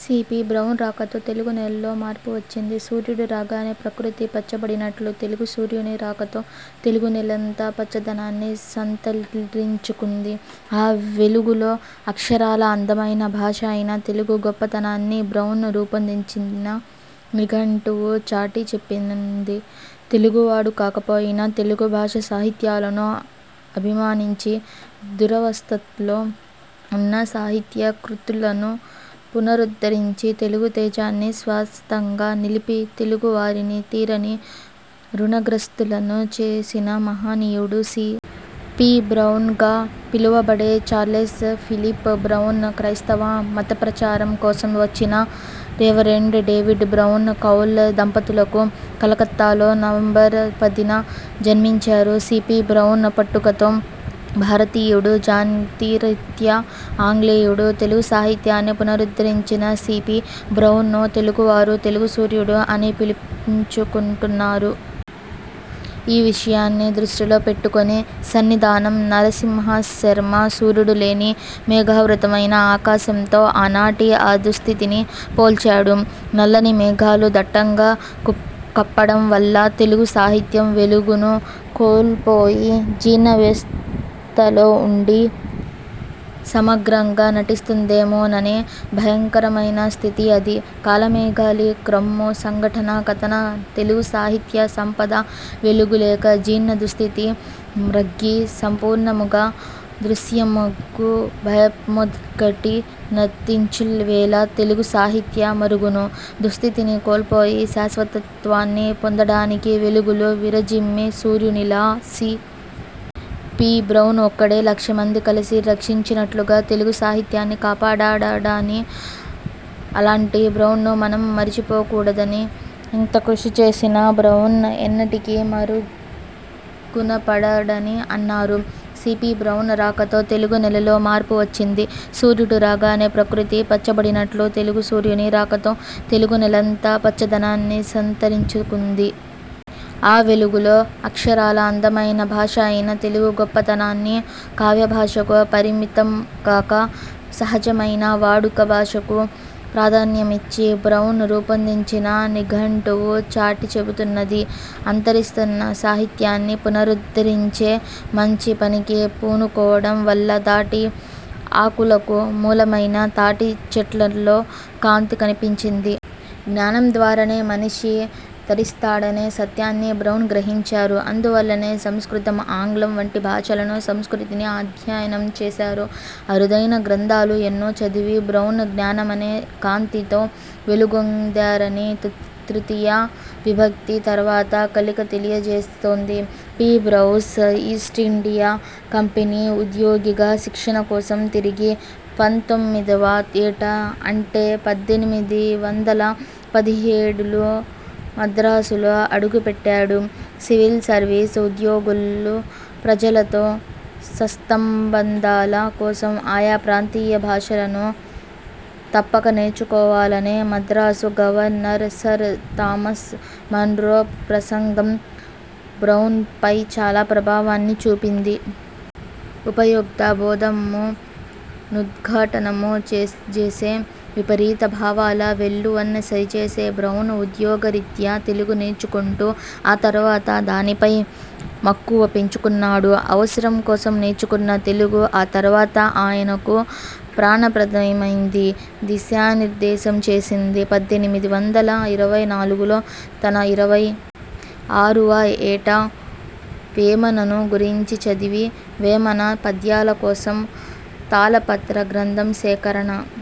C. P. Brown రాకతో తెలుగు నేలలో మార్పు వచ్చింది. సూర్యుడు రాగానే ప్రకృతి పచ్చబడినట్లు తెలుగు సూర్యుని రాకతో తెలుగునేలంతా పచ్చదనాన్ని సంతరించుకుంది. ఆ వెలుగులో అక్షరాలా అందమైన భాష అయిన తెలుగు గొప్పతనాన్ని బ్రౌన్ రూపొందించిన నిఘంటువు చాటి చెప్పింది. తెలుగువాడు కాకపోయినా తెలుగు భాషా సాహిత్యాలను అభిమానించి, దురవస్థలో ఉన్న సాహిత్యా కృతులను పునరుద్ధరించి, తెలుగు తేజాన్ని శాశ్వతంగా నిలిపి, తెలుగువారిని తీరని ఋణగ్రస్తులను చేసిన మహనీయుడు సి. పి. బ్రౌన్గా పిలువబడే చార్లెస్ ఫిలిప్ బ్రౌన్. క్రైస్తవ మతప్రచారం కోసం వచ్చిన రెవరెండ్ డేవిడ్ బ్రౌన్, కౌలే దంపతులకు కలకత్తాలో నవంబర్ పదిన జన్మించారు సి. పి. బ్రౌన్ పుట్టుకతో భారతీయుడు, జాతి రీత్యా ఆంగ్లేయుడు. తెలుగు సాహిత్యాన్ని పునరుద్ధరించిన సి. పి. బ్రౌన్ను తెలుగువారు 'తెలుగు సూర్యుడు' అని పిలుచుకుంటున్నారు. ఈ విషయాన్ని దృష్టిలో పెట్టుకొని సన్నిధానం నరసింహశర్మ సూర్యుడులేని మేఘావృతమైన ఆకాశంతో ఆనాటి ఆ దుస్థితిని పోల్చారు. నల్లని మేఘాలు దట్టంగా కప్పడం వల్ల తెలుగు సాహిత్యం వెలుగును కోల్పోయి జీర్ణావస్థలో ఉండి సమగ్రంగా నశిస్తుందేమోననే భయంకరమైన స్థితి అది. ''కాలమేఘాళి క్రమ్ము సంఘటన కతన తెలుగు సాహిత్య సంపద వెలుగు లేక జీర్ణ దుస్థితి మ్రగ్గి సంపూర్ణముగ దృశ్యమగు భయమొకటి నర్తించువేళ''తెలుగు సాహిత్యం మరుగును, దుస్థితిని కోల్పోయి శాశ్వతత్వాన్ని పొందడానికి వెలుగులు విరజిమ్మే సూర్యునిలా సి. పి. బ్రౌన్ ఒక్కడే లక్ష మంది కలసి రక్షించినట్లుగా తెలుగు సాహిత్యాన్ని కాపాడాడని, అలాంటి బ్రౌన్ను మనం మరచిపోకూడదని, ఇంత కృషి చేసిన బ్రౌన్ ఎన్నటికీ మరుగునపడడని అన్నారు. సి. పి. బ్రౌన్ రాకతో తెలుగు నేలలో మార్పు వచ్చింది. సూర్యుడు రాగానే ప్రకృతి పచ్చబడినట్లు తెలుగు సూర్యుని రాకతో తెలుగునేలంతా పచ్చదనాన్ని సంతరించుకుంది. ఆ వెలుగులో అక్షరాలా అందమైన భాష అయిన తెలుగు గొప్పతనాన్ని కావ్యభాషకు పరిమితం గాక సహజమైన వాడుక భాషకు ప్రాధాన్యమిచ్చి బ్రౌన్ రూపొందించిన నిఘంటువు చాటి చెబుతున్నది. అంతరిస్తున్న సాహిత్యాన్ని పునరుద్ధరించే మంచి పనికి పూనుకోవడం వల్ల తాటి ఆకులకు మూలమైన తాటి చెట్లలో కాంతి కనిపించింది. జ్ఞానం ద్వారానే మనిషి తరిస్తాడనే సత్యాన్ని బ్రౌన్ గ్రహించారు. అందువల్లనే సంస్కృతం, ఆంగ్లం వంటి భాషలను, సంస్కృతిని అధ్యయనం చేశారు. అరుదైన గ్రంథాలు ఎన్నో చదివి బ్రౌన్ జ్ఞానమనే కాంతితో వెలుగొందారని 'తృతీయా విభక్తి తర్వాత కళిక' తెలియజేస్తోంది. పి. బ్రౌన్ ఈస్టిండియా కంపెనీ ఉద్యోగిగా శిక్షణ కోసం తిరిగి పంతొమ్మిదివ ఏట అంటే పద్దెనిమిది వందల పదిహేడులో మద్రాసులో అడుగుపెట్టాడు సివిల్ సర్వీస్ ఉద్యోగులు ప్రజలతో సత్సంబంధాల కోసం ఆయా ప్రాంతీయ భాషలను తప్పక నేర్చుకోవాలనే Madras governor sir Thomas Munro ప్రసంగం బ్రౌన్పై చాలా ప్రభావాన్ని చూపింది. ''ఉపయుక్త బోధమ్ము నుద్ఘాటనము జేసె విపరీత భావాల వెల్లువన్ సరిజేసె''. బ్రౌన్ ఉద్యోగరీత్యా తెలుగు నేర్చుకొంటూ ఆ తర్వాత దానిపై మక్కువ పెంచుకున్నాడు. అవసరం కోసం నేర్చుకున్న తెలుగు ఆ తర్వాత ఆయనకు ప్రాణప్రదమైంది, దిశానిర్దేశం చేసింది. పద్దెనిమిది వందల ఇరవై నాలుగులో తన ఇరవై ఆరువ ఏట వేమనను గురించి చదివి, వేమన పద్యాల కోసం తాళపత్ర గ్రంథ సేకరణ